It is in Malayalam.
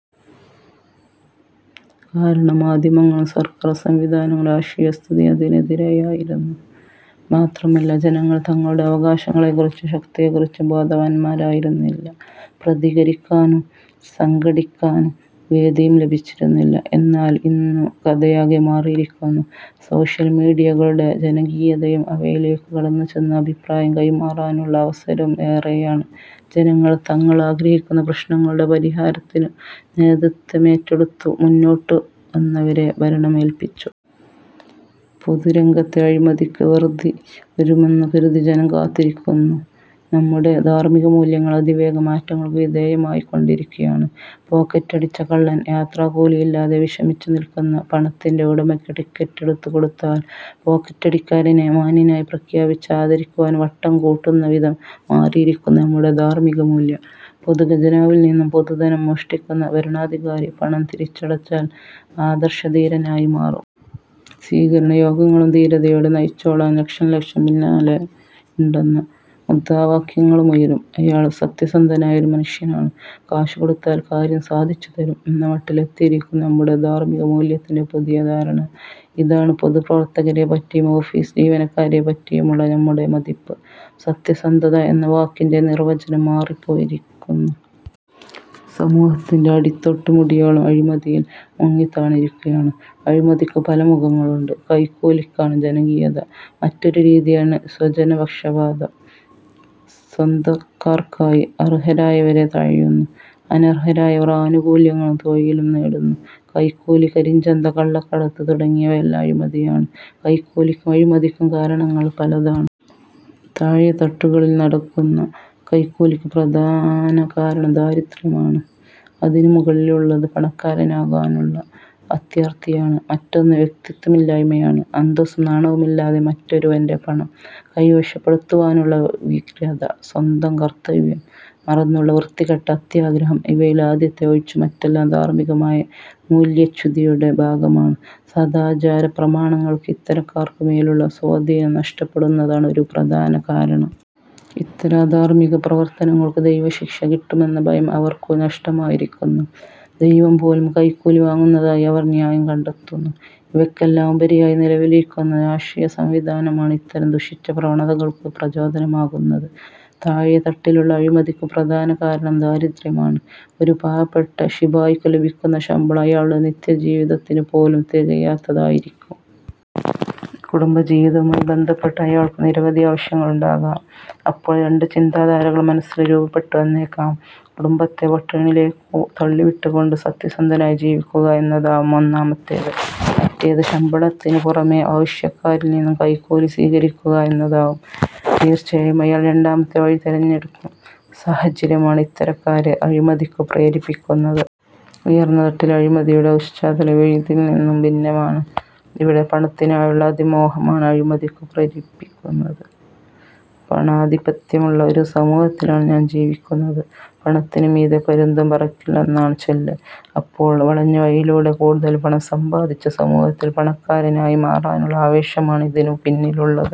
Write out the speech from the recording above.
കാരണം, മാധ്യമങ്ങളും സർക്കാർ സംവിധാനങ്ങളും രാഷ്ട്രീയസ്ഥിതിയും അതിനെതിരെയാ യിരുന്നു. മാത്രമല്ല, ജനങ്ങൾ തങ്ങളുടെ അവകാശങ്ങളെക്കുറിച്ചും ശക്തിയെക്കുറിച്ചും ബോധവാന്മാരായിരുന്നില്ല. പ്രതികരിക്കാനും സംഘടിക്കാനും വേദിയും ലഭിച്ചിരുന്നില്ല. എന്നാൽ ഇന്നു കഥയാകെ മാറിയിരിക്കുന്നു. സോഷ്യൽ മീഡിയകളുടെ ജനകീയതയും അവയി ലേക്കു കടന്നുചെന്ന് അഭിപ്രായം കൈമാറാനുള്ള അവസരവും ഏറെ യാണ്. ജനങ്ങൾ തങ്ങൾ ആഗ്രഹിക്കുന്ന പ്രശ്നങ്ങളുടെ പരിഹാര ത്തിനു നേതൃത്വമേറ്റെടുത്തു മുന്നോട്ടുവന്നവരെ ഭരണമേല്പിച്ചു. പൊതുരംഗത്തെ അഴിമതിയ്ക്ക് അറുതിവരുമെന്നു കരുതി ജനം കാത്തിരിക്കുന്നു. നമ്മുടെ ധാർമ്മികമൂല്യങ്ങൾ അതിവേഗം മാറ്റങ്ങൾക്കു വിധേയ മായിക്കൊണ്ടിരിക്കുകയാണ്. പോക്കറ്റടിച്ച കള്ളൻ യാത്രാക്കൂലിയി ല്ലാതെ വിഷമിച്ചുനിൽക്കുന്ന പണത്തിന്റെ ഉടമയ്ക്ക് ടിക്കറ്റെടുത്തു കൊടുത്താൽ പോക്കറ്റടിക്കാരനെ മാന്യനായി പ്രഖ്യാപിച്ച് ആദരിക്കു വാൻ വട്ടം കൂട്ടുന്നവിധം മാറിയിരിക്കുന്നു നമ്മുടെ ധാർമ്മികമൂല്യം. പൊതുഖജനാവിൽനിന്നും പൊതുധനം മോഷ്ടിക്കുന്ന ഭരണാധികാരി പണം തിരിച്ചടച്ചാൽ ആദർശധീരനായിമാറും. സ്വീകരണയോഗങ്ങളും ധീരതയോടെ നയിച്ചോളാൻ ലക്ഷംലക്ഷം പിന്നാലെയുണ്ടെന്ന മുദ്രാ വാക്യങ്ങളുമുയരും. അയാൾ സത്യസന്ധനായ ഒരു മനുഷ്യനാണ്, കാശുകൊടുത്താൽ കാര്യം സാധിച്ചുതരും എന്ന മട്ടിൽ എത്തിയിരി ക്കുന്നു നമ്മുടെ ധാർമ്മികമൂല്യത്തിന്റെ പുതിയ ധാരണ. ഇതാണ് പൊതുപ്രവർത്തകരെപറ്റിയും ഓഫീസ് ജീവനക്കാരെപറ്റിയുമുള്ള നമ്മുടെ മതിപ്പ്. സത്യസന്ധത എന്ന വാക്കിന്റെ നിർവ്വചനം മാറിപ്പോ യിരിക്കുന്നു. സമൂഹത്തിന്റെ അടിതൊട്ടു മുടിയോളം അഴിമതിയിൽ മുങ്ങിത്താണിരിക്കുകയാണ്. അഴിമതിക്കു പല മുഖങ്ങളുണ്ട്. കൈക്കൂലി ക്കാണ് ജനകീയത. മറ്റൊരു രീതിയാണ് സ്വജനപക്ഷപാതം. സ്വന്ത ക്കാർക്കായി അർഹരായവരെ തഴയുന്നു. അനർഹരായവർ ആനുകൂ ല്യങ്ങളും തൊഴിലും നേടുന്നു. കൈക്കൂലി, കരിഞ്ചന്ത, കള്ളക്കടത്ത് തുടങ്ങിയവ യെല്ലാം അഴിമതിയാണ്. കൈക്കൂലിക്കും അഴിമതിക്കും കാരണങ്ങൾ പലതാണ്. താഴേ തട്ടുകളിൽ നടക്കുന്ന കൈക്കൂലിക്കു പ്രധാന കാരണം ദാരിദ്ര്യമാണ്. അതിനു മുകളിലുള്ളത് പണക്കാരനാകാനുള്ള അത്യാർത്തിയാണ്. മറ്റൊന്ന് വ്യക്തിത്വമില്ലായ്മയാണ്. അന്തസ്സും നാണവുമില്ലാതെ മറ്റൊ രുവന്റെ പണം കൈവശപ്പെടുത്തുവാനുള്ള വ്യഗ്രത. സ്വന്തം കർത്തവ്യം മറന്നുള്ള വൃത്തികെട്ട അത്യാഗ്രഹം. ഇവയിൽ ആദ്യത്തെ ഒഴിച്ച് മറ്റെല്ലാം ധാർമ്മികമായ മൂല്യച്യുതിയുടെ ഭാഗമാണ്. സദാചാരപ്രമാണങ്ങൾക്ക് ഇത്തരക്കാർക്കുമേലുള്ള സ്വാധീനം നഷ്ടപ്പെടുന്നതാണ് ഒരു പ്രധാന കാരണം. ഇത്തരം അധാർമ്മിക പ്രവർത്തനങ്ങൾക്കു ദൈവശിക്ഷ കിട്ടുമെന്ന ഭയം അവർക്കു നഷ്ടമായിരിക്കുന്നു. ദൈവംപോലും കൈക്കൂലി വാങ്ങുന്നതായി അവർ ന്യായം കണ്ടെത്തുന്നു. ഇവയ് ക്കെല്ലാം ഉപരിയായി നിലവിലിരിക്കുന്ന രാഷ്ട്രീയസംവിധാനമാണ് ഇത്തരം ദുഷിച്ച പ്രവണതകൾക്കു പ്രചോദനമാകുന്നത്. താഴെ തട്ടിലുള്ള അഴിമതിക്കു പ്രധാന കാരണം ദാരിദ്ര്യമാണ്. ഒരു പാവപ്പെട്ട ശിപായിക്കു ലഭിക്കുന്ന ശമ്പളം അയാളുടെ നിത്യജീവിത ത്തിനുപോലും തികയാത്തതായിരിക്കും. കുടുംബജീവിതവുമായി ബന്ധപ്പെട്ട് അയാൾക്കു നിരവധി ആവശ്യങ്ങളുണ്ടാകാം. അപ്പോൾ രണ്ടു ചിന്താധാരകൾ മനസ്സിൽ രൂപപ്പെട്ടുവന്നേക്കാം. കുടുംബത്ത പട്ടിണിയിലേക്കു തള്ളിവിട്ടുകൊണ്ട് സത്യസന്ധനായി ജീവിക്കുക എന്നതാവാം ഒന്നാമത്തേത്. മറ്റേത് ശമ്പളത്തിനു പുറമേ ആവശ്യക്കാ രിൽനിന്നും കൈക്കൂലി സ്വീകരിക്കുക എന്നതാവും. തീർച്ചയായും അയാൾ രണ്ടാമത്തെ വഴി തിരഞ്ഞെടുക്കും. സാഹചര്യമാണ് ഇത്ത രക്കാരെ അഴിമതിക്കു പ്രേരിപ്പിക്കുന്നത്. ഉയർന്ന തട്ടിലെ അഴിമതിയുടെ പശ്ചാത്തലം ഇതിൽനിന്നും ഭിന്ന മാണ്. ഇവിടെ പണത്തിനായുള്ള അതിമോഹമാണ് അഴിമതിക്കു പ്രരിപ്പിക്കുന്നത്. പണാധിപത്യമുള്ള ഒരു സമൂഹത്തിലാണ് നാം ജീവി ക്കുന്നത്. പണത്തിനു മീതേ പരുന്തും പറക്കില്ലെന്നാണ് ചൊല്ല്. അപ്പോൾ വളഞ്ഞവഴിയിലൂടെ കൂടുതൽ പണം സമ്പാദിച്ച് സമൂഹത്തിൽ പണ ക്കാരനായി മാറാനുള്ള ആവേശമാണ് ഇതിനു പിന്നിലുള്ളത്.